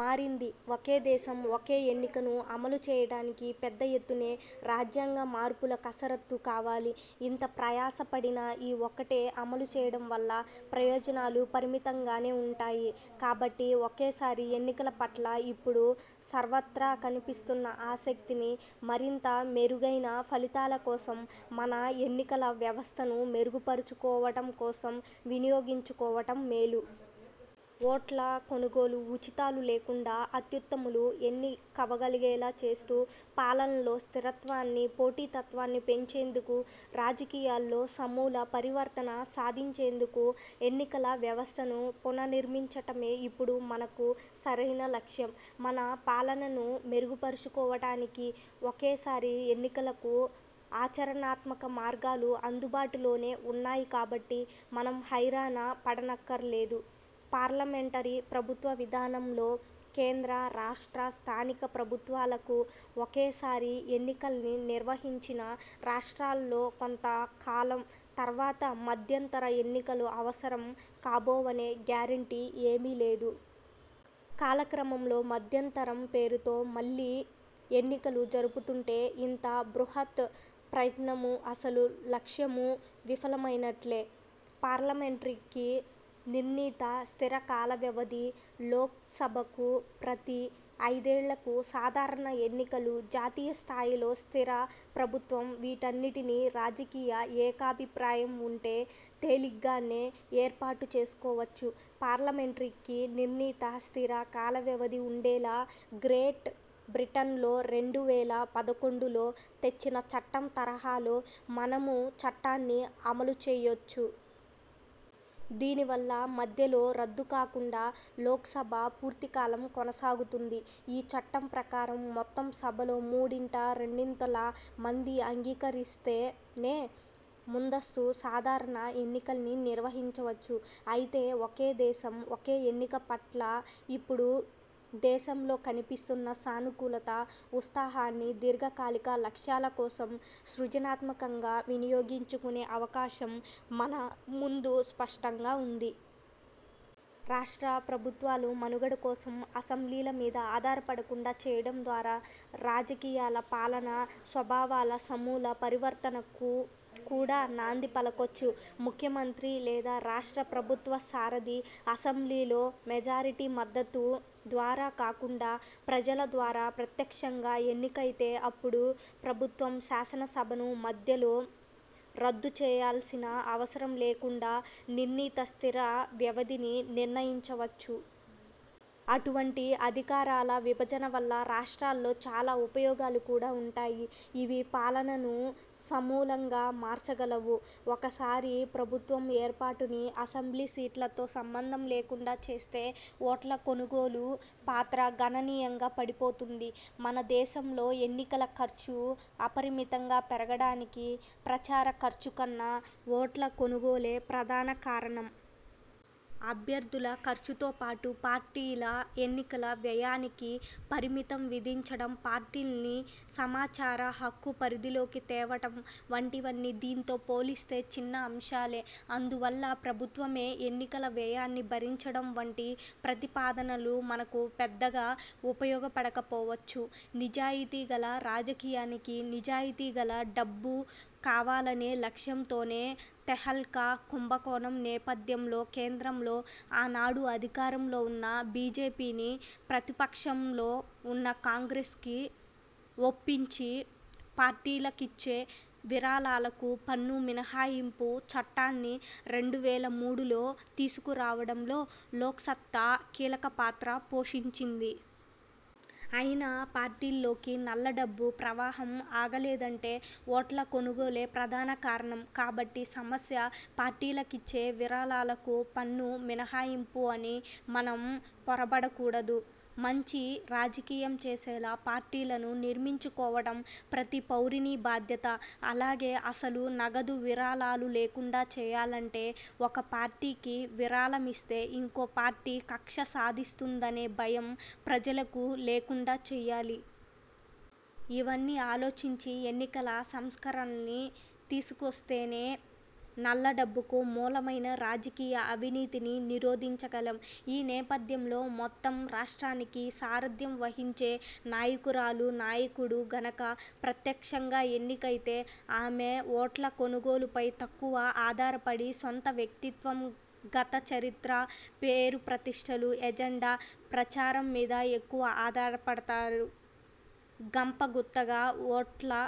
మారింది. ఒకే దేశం–ఒకే ఎన్నికను అమలుచేయటానికి పెద్దఎత్తునే రాజ్యాంగ మార్పుల కసరత్తు కావాలి. ఇంత ప్రయాసపడినా, ఈ ఒక్కటే అమలుచేయటం వల్ల ప్రయోజనాలు పరిమితంగానే ఉంటాయి. కాబట్టి ఒకేసారి ఎన్నికల పట్ల ఇప్పుడు సర్వత్రా కనిపిస్తున్న ఆసక్తిని, మరింత మెరుగైన ఫలితాల కోసం, మన ఎన్నికల వ్యవస్థను మెరుగుపరుచుకోవటం కోసం వినియోగించుకోవటం మేలు. ఓట్ల కొనుగోలు, ఉచితాలు లేకుండా అత్యుత్తములు ఎన్నికవగలిగేలాచేస్తూ పాలనలో స్థిరత్వాన్ని, పోటీతత్వాన్ని పెంచేందుకు, రాజకీయాల్లో సమూల పరివర్తన సాధించేందుకు ఎన్నికలవ్యవస్థను పునర్నిర్మించటమే ఇప్పుడు మనకు సరైన లక్ష్యం. మన పాలనను మెరుగుపరుచుకోవటానికీ, ఒకేసారి ఎన్నికలకు ఆచరణాత్మక మార్గాలు అందుబాటులోనే ఉన్నాయికాబట్టి మనం హైరానా పడనక్కర్లేదు. పార్లమెంటరీ ప్రభుత్వ విధానంలో, కేంద్ర, రాష్ట్ర, స్థానిక ప్రభుత్వాలకు ఒకేసారి ఎన్నికల్ని నిర్వహించినా, రాష్ట్రాల్లో కొంతకాలం తర్వాత మధ్యంతరఎన్నికలు అవసరం కాబోవనే గ్యారంటీ ఏమీలేదు. కాలక్రమంలో మధ్యంతరం పేరుతో మళ్లీ ఎన్నికలు జరుపుతుంటే ఇంత బృహత్ ప్రయత్నమూ, అసలు లక్ష్యమూ విఫలమైనట్టే. పార్లమెంట్కి నిర్ణీత స్థిరకాలవ్యవధి, లోక్సభకు ప్రతి ఐదేళ్లకూ సాధారణ ఎన్నికలు, జాతీయస్థాయిలో స్థిర ప్రభుత్వం– వీటన్నిటినీ రాజకీయ ఏకాభిప్రాయం ఉంటే తేలిగ్గానే ఏర్పాటు చేసుకోవచ్చు. పార్లమెంట్కి నిర్ణీత స్థిర కాలవ్యవధి ఉండేలా గ్రేట్ బ్రిటన్లో రెండు వేల పదకొండులో తెచ్చిన చట్టం తరహాలో మనమూ చట్టాన్ని అమలుచేయొచ్చు. దీనివల్ల మధ్యలో రద్దుకాకుండా లోక్సభ పూర్తికాలం కొనసాగుతుంది. ఈ చట్టం ప్రకారం, మొత్తం సభలో మూడింట రెండొంతుల మంది అంగీకరిస్తేనే, ముందస్తు సాధారణ ఎన్నికల్ని నిర్వహించవచ్చు. అయితే, ఒకే దేశం – ఒకే ఎన్నిక పట్ల ఇప్పుడు దేశంలో కనిపిస్తున్న సానుకూలత, ఉత్సాహాన్ని దీర్ఘకాలిక లక్ష్యాలకోసం సృజనాత్మకంగా వినియోగించుకునే అవకాశం మన ముందు స్పష్టంగా ఉంది. రాష్ట్ర ప్రభుత్వాలు మనుగడ కోసం అసెంబ్లీల మీద ఆధారపడకుండా చేయటం ద్వారా రాజకీయాల, పాలన స్వభావాల సమూల పరివర్తనకు కూడా నాంది పలకొచ్చు. ముఖ్యమంత్రి లేదా రాష్ట్ర ప్రభుత్వ సారథి అసెంబ్లీలో మెజారిటీ మద్దతు ద్వారా కాకుండా ప్రజల ద్వారా ప్రత్యక్షంగా ఎన్నికైతేఅప్పుడు ప్రభుత్వం, శాసనసభను మధ్యలో రద్దు చేయాల్సిన అవసరం లేకుండా నిర్ణీత స్థిర వ్యవధిని నిర్ణయించవచ్చు. అటువంటి అధికా రాల విభజన వల్ల రాష్ట్రాల్లో చాలా ఉపయోగాలు కూడా ఉంటాయి. ఇవి పాలనను సమూలంగా మార్చగలవు. ఒక్కసారి ప్రభుత్వం ఏర్పాటుని అసెంబ్లీ సీట్లతో సంబంధం లేకుండా చేస్తే, ఓట్ల కొనుగోలు పాత్ర గణనీయంగా పడిపోతుంది. మనదేశంలో ఎన్నికల ఖర్చు అపరిమితంగా పెరగడానికి ప్రచార ఖర్చుకన్నా ఓట్ల కొనుగోలే ప్రధాన కారణం. అభ్యర్థుల ఖర్చుతో పాటు పార్టీల ఎన్నికల వ్యయానికి పరిమితి విధించటం, పార్టీల్ని సమాచార హక్కు పరిధిలోకి తేవటం వంటివన్నీ దీంతో పోలిస్తే చిన్న అంశాలే. అందువల్ల ప్రభుత్వమే ఎన్నికల వ్యయాన్ని భరించటం వంటి ప్రతిపాదనలు మనకు పెద్దగా ఉపయోగపడకపోవచ్చు. నిజాయితీగల రాజకీయానికి నిజాయితీగల డబ్బు కావాలనే లక్ష్యంతోనే, తెహల్కా కుంభకోణం నేపథ్యంలో కేంద్రంలో ఆనాడు అధికారంలో ఉన్న బీజేపీని, ప్రతిపక్షంలో ఉన్న కాంగ్రెస్ను ఒప్పించి పార్టీలకిచ్చే విరాళాలకు పన్ను మినహాయింపు చట్టాన్ని రెండు వేల మూడులో తీసుకురావటంలో లోక్సత్తా కీలక పాత్ర పోషించింది. అయినా పార్టీల్లోకి నల్లడబ్బు ప్రవాహం ఆగలేదంటే ఓట్ల కొనుగోలే ప్రధాన కారణం. కాబట్టి సమస్య, పార్టీలకిచ్చే విరాళాలకు పన్ను మినహాయింపు అని మనం పొరబడకూడదు. మంచి రాజకీయం చేసేలా పార్టీలను నిర్మించుకోవటం ప్రతి పౌరుని బాధ్యత. అలాగే అసలు నగదు విరాళాలు లేకుండా చేయాలంటే.. ఒక పార్టీకి విరాళమిస్తే ఇంకో పార్టీ కక్ష సాధిస్తుందనే భయం ప్రజలకు లేకుండా చేయాలి. ఇవన్నీ ఆలోచించి ఎన్నికల సంస్కరణల్ని తీసుకొస్తేనే నల్లడబ్బుకు మూలమైన రాజకీయ అవినీతిని నిరోధించగలం. ఈ నేపథ్యంలో.. మొత్తం రాష్ట్రానికి సారథ్యం వహించే నాయకురాలు ాయకుడు గనక ప్రత్యక్షంగా ఎన్నికైతే, ఆమె ు ఓట్ల కొనుగోలుపై తక్కువ ఆధారపడి సొంత వ్యక్తిత్వం, గత చరిత్ర, పేరుప్రతిష్టలు, ఎజెండా, ప్రచారం మీద ఎక్కువ ఆధారపడతారు. గంపగుత్తగా ఓట్ల కొనుగోలును